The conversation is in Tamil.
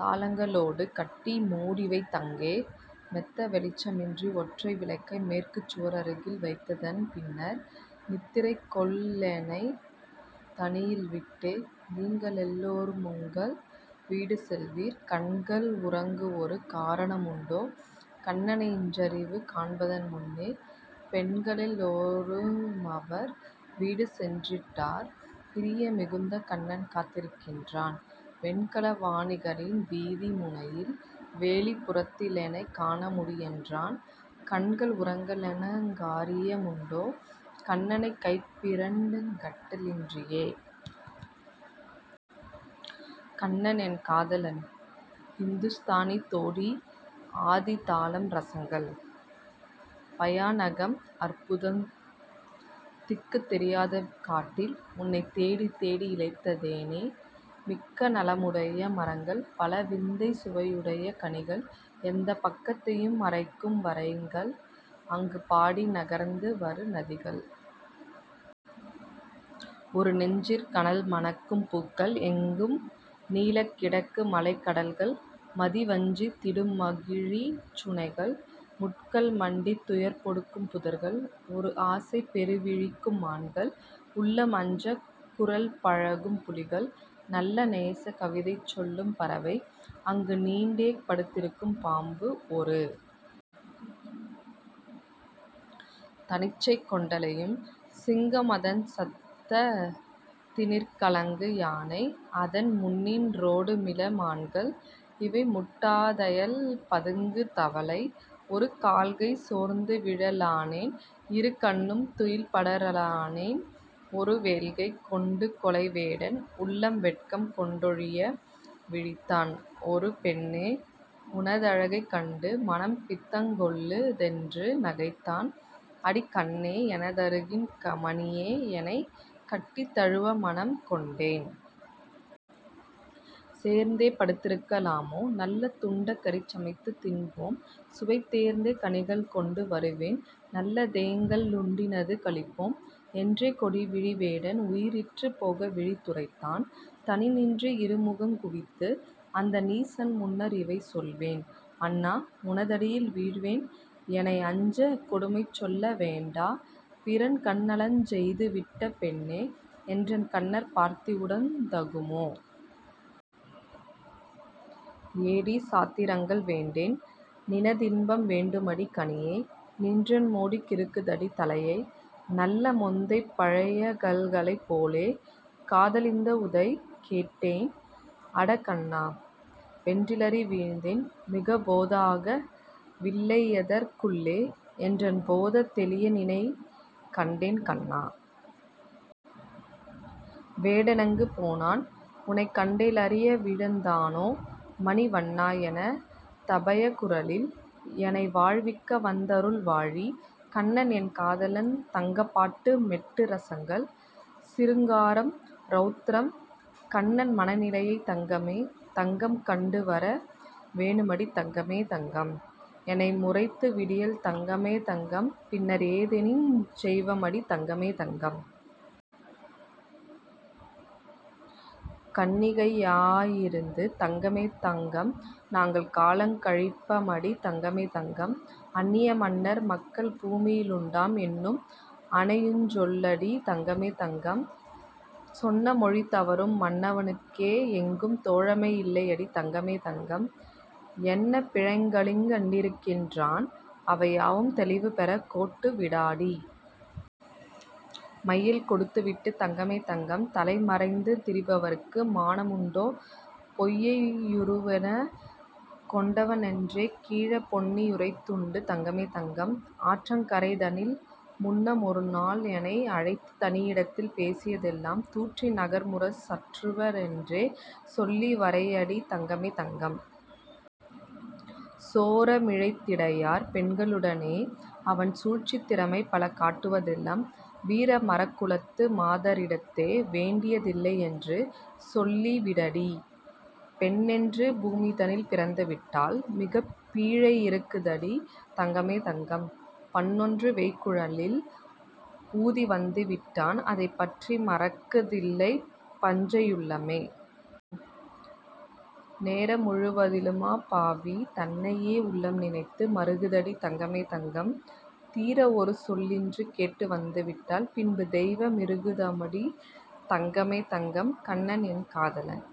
தாளங்க ளோடுகட்டி மூடிவைத் தங்கே, மெத்த வெளிச்சமின்றி ஒற்றை விளக்கை மேற்குச் சுவரருகில் வைத்ததன் பின்னர் நித்திரை கொள்ளஎனைத் தனியில் விட்டே. நீங்களெல் லோருமுங்கள் வீடு செல்வீர். கண்கள் உறங்கவொரு காரண முண்டோ, கண்ணனை இன்றிரவு காண்பதன் முன்னே? பெண்களெல் லோருமவர் வீடு சென்றிட்டார் பிரிய மிகுந்த கண்ணன் காத்திருக்கின்றான்; வெண்கல வாணிகரின் வீதி முனையில் வேலிப் புறத்திலெனைக் காணமுடி யென்றான்; கண்கள் உறங்கலெனுங் காரிய முண்டோ, கண்ணனைக் கையிரண்டுங் கட்ட லின்றியே?. கண்ணன் என் காதலன் ஹிந்துஸ்தானி தோடி ஆதி தாளம் ரசங்கள்: பயாநகம், அற்புதம். திக்குத் தெரியாத காட்டில் உனைத் தேடித் தேடி இளைத்தேனே. மிக்க நலமுடைய மரங்கள், பல விந்தைச் சுவையுடைய கனிகள், எந்தப் பக்கத்தையும் மறைக்கும் வரைகள், அங்கு பாடி நகர்ந்து வரு நதிகள், ஒரு நெஞ்சிற் கனல்மணக்கும் பூக்கள், எங்கும் நீளக் கிடக்குமலைக் கடல்கள் மதி வஞ்சித் திடுமகழிச் சுனைகள், முட்கள் மண்டித் துயர்பொடுக்கும் புதர்கள், ஒரு ஆசை பெறவிழிக்கும் மான்கள், உள்ளம் அஞ்சக் குரல்பழகும் புலிகள், நல்ல நேசக் கவிதைசொல்லும் பறவை, அங்கு நீண்டே படுத்திருக்கும் பாம்பு, ஒரு தன்னிச்சை கொண்டலையும் சிங்கம் அதன் சத்தத் தினிற்கலங்கு யானை அதன் முன்னின் றோடுமிள மான்கள் இவை முட்டா தயல்பதுங்குந் தவளை ஒரு கால்கை சோர்ந்துவிழ லானேன் இரு கண்ணும் துயில்படர லானேன் ஒரு வேல்கைக் கொண்டுகொலைவேடன் உள்ளம் வெட்கம் கொண்டொழிய விழித்தான் ஒரு ''பெண்ணே உனதழகைக் கண்டு மனம் பித்தங்கொள்ளு'' தென்று நகைத்தான் ''அடி கண்ணே, எனதிருகண் மணியே எனைக் கட்டித் தழுவமனம் கொண்டேன். சோர்ந்தே படுத்திருக்க லாமோ? நல்ல துண்டக் கறிசமைத்துத் தின்போம் சுவை தேர்ந்தே கனிகள் கொண்டு வருவேன் நல்ல தேங்கள் ளுண்டினிது களிப்போம். '' என்றே கொடியவிழி வேடன் உயிர் இற்றுப் போகவிழித் துரைத்தான் தனி நின்றே இருகரமுங் குவித்து அந்த நீசன் முன்னர் இவை சொல்வேன்: ''அண்ணா உனதடியில் வீழ்வேன் எனை அஞ்சக் கொடுமைசொல்ல வேண்டா பிறன் கண்ணலஞ் செய்துவிட்ட பெண்ணே என்றன் கண்ணற் பார்த்திடவுந் தகுமோ? '' ''ஏடி, சாத்திரங்கள் வேண்டேன்: நின தின்பம் வேண்டுமடி, கனியே, நின்றன் மோடி கிறுக்குதடி தலையை, நல்ல மொந்தைப் பழையகள்ளைப் போலே'' காதா லிந்தவுதை கேட்டேன் 'அட கண்ணா! ' வென்றலறி வீழ்ந்தேன் மிகப் போதாக வில்லையிதற் குள்ளே என்றன் போதந் தெளியநினைக் கண்டேன். கண்ணா! வேடனெங்கு போனான்? உனைக் கண்டே யலறிவிழுந் தானோ? மணி வண்ணா! என தபயக் குரலில் -எனை வாழ்விக்க வந்தஅருள் வாழி!. கண்ணன் என் காதலன் தங்கப்பாட்டு மெட்டு ரசங்கள்: சிருங்காரம், ரௌத்ரம். கண்ணன் மனநிலையைத் தங்கமே தங்கம் கண்டுவர வேணுமடி தங்கமே தங்கம்; எண்ண முரைத்துவிடில் தங்கமே தங்கம் பின்னர் ஏதெனிலுஞ் செய்வமடி தங்கமே தங்கம்.. கன்னிகை யாயிருந்து தங்கமே தங்கம் நாங்கள் காலங் கழிப்பமடி தங்கமே தங்கம்; அன்னிய மன்னர் மக்கள் பூமியிலுண்டாம் என்னும் அதனையுஞ் சொல்லிடடி தங்கமே தங்கம்.. சொன்ன மொழிதவறும் மன்னவ னுக்கே எங்கும் தோழமை யில்லையடி தங்கமே தங்கம்; என்ன பிழைகளிங்கு கண்டிருக்கின்றான்? அவை யாவும் தெளிவுபெறக் கோட்டு விடடீ!. மையல் கொடுத்துவிட்டுத் தங்கமே தங்கம் தலை மறைந்து திரிபவர்க்கு மானமு முண்டோ? பொய்யை யுருவமெனக் கொண்டவ னென்றே கிழப் பொன்னி யுரைத்ததுண்டு தங்கமே தங்கம். ஆற்றங் கரையதனில் முன்னமொருநாள் எனை அழைத்துத் தனியிடத்தில் பேசிய தெல்லாம் தூற்றி நகர்முரசு சாற்றுவ னென்றே சொல்லி வருவையடி தங்கமே தங்கம். சோர மிழைத்திடையர் பெண்களுடனே அவன் சூழ்ச்சித் திறமை பல காட்டுவ தெல்லாம் வீர மறக்குலத்து மாதரிடத்தே வேண்டிய தில்லையென்று சொல்லி விடடீ! பெண்ணென்று பூமிதனில் பிறந்துவிட்டால் மிகப் பீழை யிருக்குதடி தங்கமே தங்கம்; பண்ணொன்று வேய்ங்குழலில் ஊதி வந்திட்டான் அதைப் பற்றி மறக்கு தில்லை பஞ்சை யுள்ளமே. நேர முழுவதிலுமப் பாவி தன்னையே உள்ளம் நினைத்து மறுகுதடி தங்கமே தங்கம், தீர ஒருசொலின்று கேட்டு வந்திட்டால் பின்பு தெய்வ மிருக்குதடி தங்கமே தங்கம்!. கண்ணன் என் காதலன்।